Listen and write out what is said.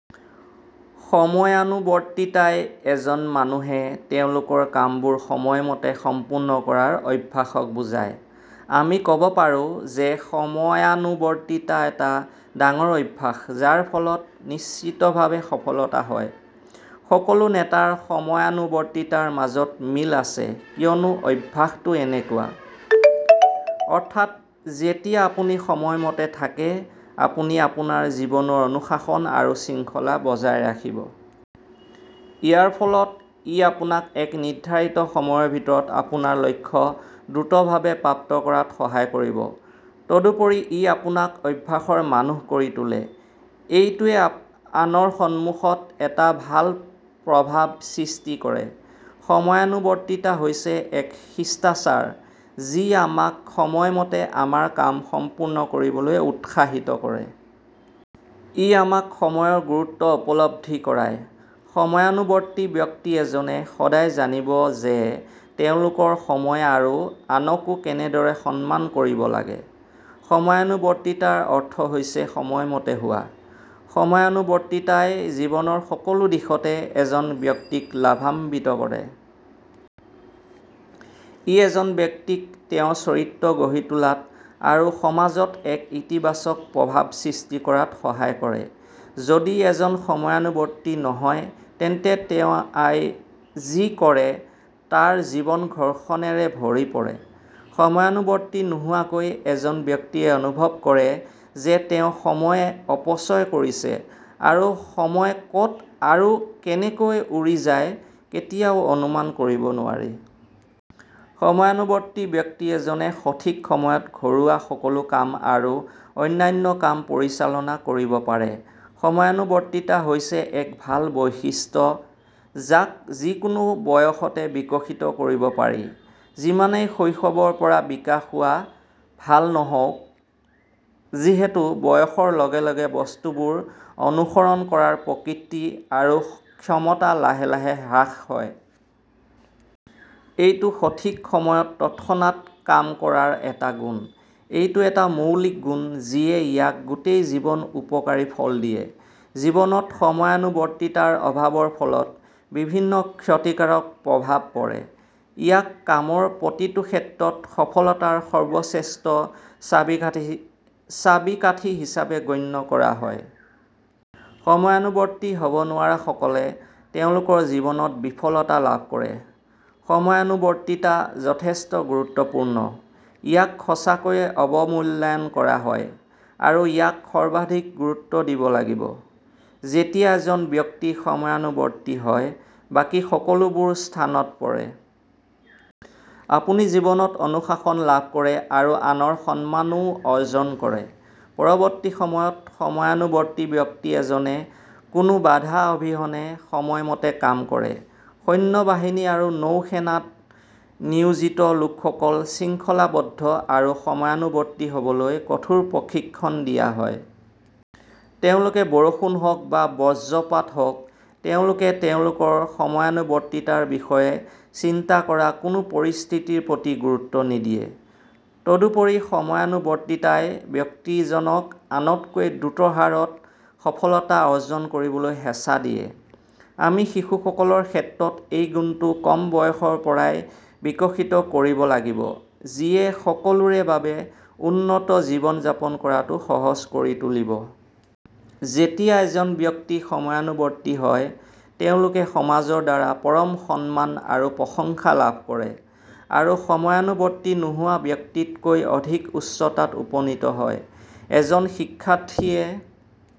সময়ানুৱৰ্তীতাই এজন মানুহে তেওঁলোকৰ কামবোৰ সময়মতে সম্পূৰ্ণ কৰাৰ অভ্যাসক বুজায়। আমি ক'ব পাৰোঁ যে সময়ানুৱৰ্তীতা এটা ডাঙৰ অভ্যাস যাৰ ফলত নিশ্চিতভাৱে সফলতা হয়। সকলো নেতাৰ সময়ানুৱৰ্তীতাৰ মাজত মিল আছে কিয়নো অভ্যাসটো এনেকুৱা। অৰ্থাৎ, যেতিয়া আপুনি সময়মতে থাকে, আপুনি আপোনাৰ জীৱনৰ অনুশাসন আৰু শৃংখলা বজাই ৰাখিব। ইয়াৰ ফলত, ই আপোনাক এক নিৰ্ধাৰিত সময়ৰ ভিতৰত আপোনাৰ লক্ষ্য দ্ৰুততাৰে প্ৰাপ্ত কৰাত সহায় কৰিব। তদুপৰি, ই আপোনাক অভ্যাসৰ মানুহ কৰি তোলে। এইটোৱে আনৰ সন্মুখত এটা ভাল প্ৰভাৱ সৃষ্টি কৰে। সময়ানুৱৰ্তীতা হৈছে এক শিষ্টাচাৰ যি আমাক সময়মতে আমাৰ কাম সম্পূৰ্ণ কৰিবলৈ উৎসাহিত কৰে। ই আমাক সময়ৰ গুৰুত্ব উপলব্ধি কৰায়। সময়ানুৱৰ্তী ব্যক্তি এজনে সদায় জানিব যে তেওঁলোকৰ সময় আৰু আনকো কেনেদৰে সন্মান কৰিব লাগে। সময়ানুৱৰ্তীতাৰ অৰ্থ হৈছে সময়মতে হোৱা। সময়ানুৱৰ্তীতাই জীৱনৰ সকলো দিশতে এজন ব্যক্তিক লাভান্বিত কৰে। ই এজন ব্যক্তিক তেওঁৰ চৰিত্ৰ গঢ়ি তোলাত আৰু সমাজত এক ইতিবাচক প্ৰভাৱ সৃষ্টি কৰাত সহায় কৰে। যদি এজন সময়ানুৱৰ্তী নহয়, তেন্তে তেওঁ াই যি কৰে তাৰ জীৱন ঘৰ্ষণেৰে ভৰি পৰে। সময়ানুৱৰ্তী নোহোৱাকৈ, এজন ব্যক্তিয়ে অনুভৱ কৰে যে তেওঁ সময় অপচয় কৰিছে আৰু সময় ক'ত আৰু কেনেকৈ উৰিযায়, কেতিয়াও অনুমান কৰিব নোৱাৰি। সময়ানুৱৰ্তী ব্যক্তি এজনে সঠিক সময়ত ঘৰুৱা সকলো কাম আৰু অন্যান্য কাম পৰিচালনা কৰিব পাৰে। সময়ানুৱৰ্তীতা হৈছে এক ভাল বৈশিষ্ট্য যাক যিকোনো বয়সতে বিকশিত কৰিব পাৰি যিমানেই শৈশৱৰ পৰা বিকাশ হোৱা ভাল নহওঁক; যিহেতু বয়সৰ লগে লগে বস্তুবোৰ অনুসৰণ কৰাৰ প্ৰকৃতি আৰু ক্ষমতা লাহে লাহে হ্ৰাস হয়। এইটো সঠিক সময়ত তৎক্ষণাৎ কাম কৰাৰ এটা গুণ। এইটো এটা মৌলিক গুণ যিয়ে ইয়াক গোটেই জীৱন উপকাৰী ফল দিয়ে। জীৱনত সময়ানুৱৰ্তীতাৰ অভাৱৰ ফলত বিভিন্ন ক্ষতিকাৰক প্ৰভাৱ পৰে। ইয়াক কামৰ প্ৰতিটো ক্ষেত্ৰত সফলতাৰ সৰ্বশ্ৰেষ্ঠ চাবিকাঠি হিচাপে গণ্য কৰা হয়। সময়ানুৱৰ্তী হ'ব নোৱাৰা লোকসকলে তেওঁলোকৰ জীৱনত বিফলতা লাভ কৰে। সময়ানুৱৰ্তীতা যথেষ্ট গুৰুত্বপূৰ্ণ, ইয়াক সঁচাকৈয়ে অৱমূল্যায়ন কৰা হয় আৰু ইয়াক সৰ্বাধিক গুৰুত্ব দিব লাগিব। যেতিয়া এজন ব্যক্তি সময়ানুৱৰ্তী হয়, বাকী সকলো বোৰ স্থানত পৰে। আপুনি জীৱনত অনুশাসন লাভ কৰে আৰু আনৰ সন্মানও অৰ্জন কৰে। পৰৱৰ্তী সময়ত, সময়ানুৱৰ্তী ব্যক্তি এজনে কোনো বাধা অবিহনে সময়মতে কাম কৰে। সৈন্য বাহিনী আৰু নৌসেনাত নিয়োজিত লোকসকলক শৃংখলাবদ্ধ আৰু সময়ানুৱৰ্তী হ'বলৈ কঠোৰ প্ৰশিক্ষণ দিয়া হয়। তেওঁলোকে বৰষুণ হওঁক বা বজ্ৰপাত হওঁক, তেওঁলোকে তেওঁলোকৰ সময়ানুৱৰ্তীতাৰ বিষয়ে চিন্তা কৰা কোনো পৰিস্থিতিৰ প্ৰতি গুৰুত্ব নিদিয়ে। তদুপৰি, সময়ানুৱৰ্তীতাই ব্যক্তিজনক আনতকৈ দ্ৰুত হাৰত সফলতা অৰ্জন কৰিবলৈ হেঁচা দিয়ে। আমি শিশুসকলৰ ক্ষেত্ৰত এই গুণটো কম বয়সৰ পৰাই বিকশিত কৰিব লাগিব যিয়ে সকলোৰে বাবে উন্নত জীৱন যাপন কৰাটো সহজ কৰি তুলিব। যেতিয়া এজন ব্যক্তি সময়ানুৱৰ্তী হয়, তেওঁলোকে সমাজৰ দ্বাৰা পৰম সন্মান আৰু প্ৰশংসা লাভ কৰে আৰু সময়ানুৱৰ্তী নোহোৱা ব্যক্তিতকৈ অধিক উচ্চতাত উপনীত হয়। এজন শিক্ষাৰ্থীয়ে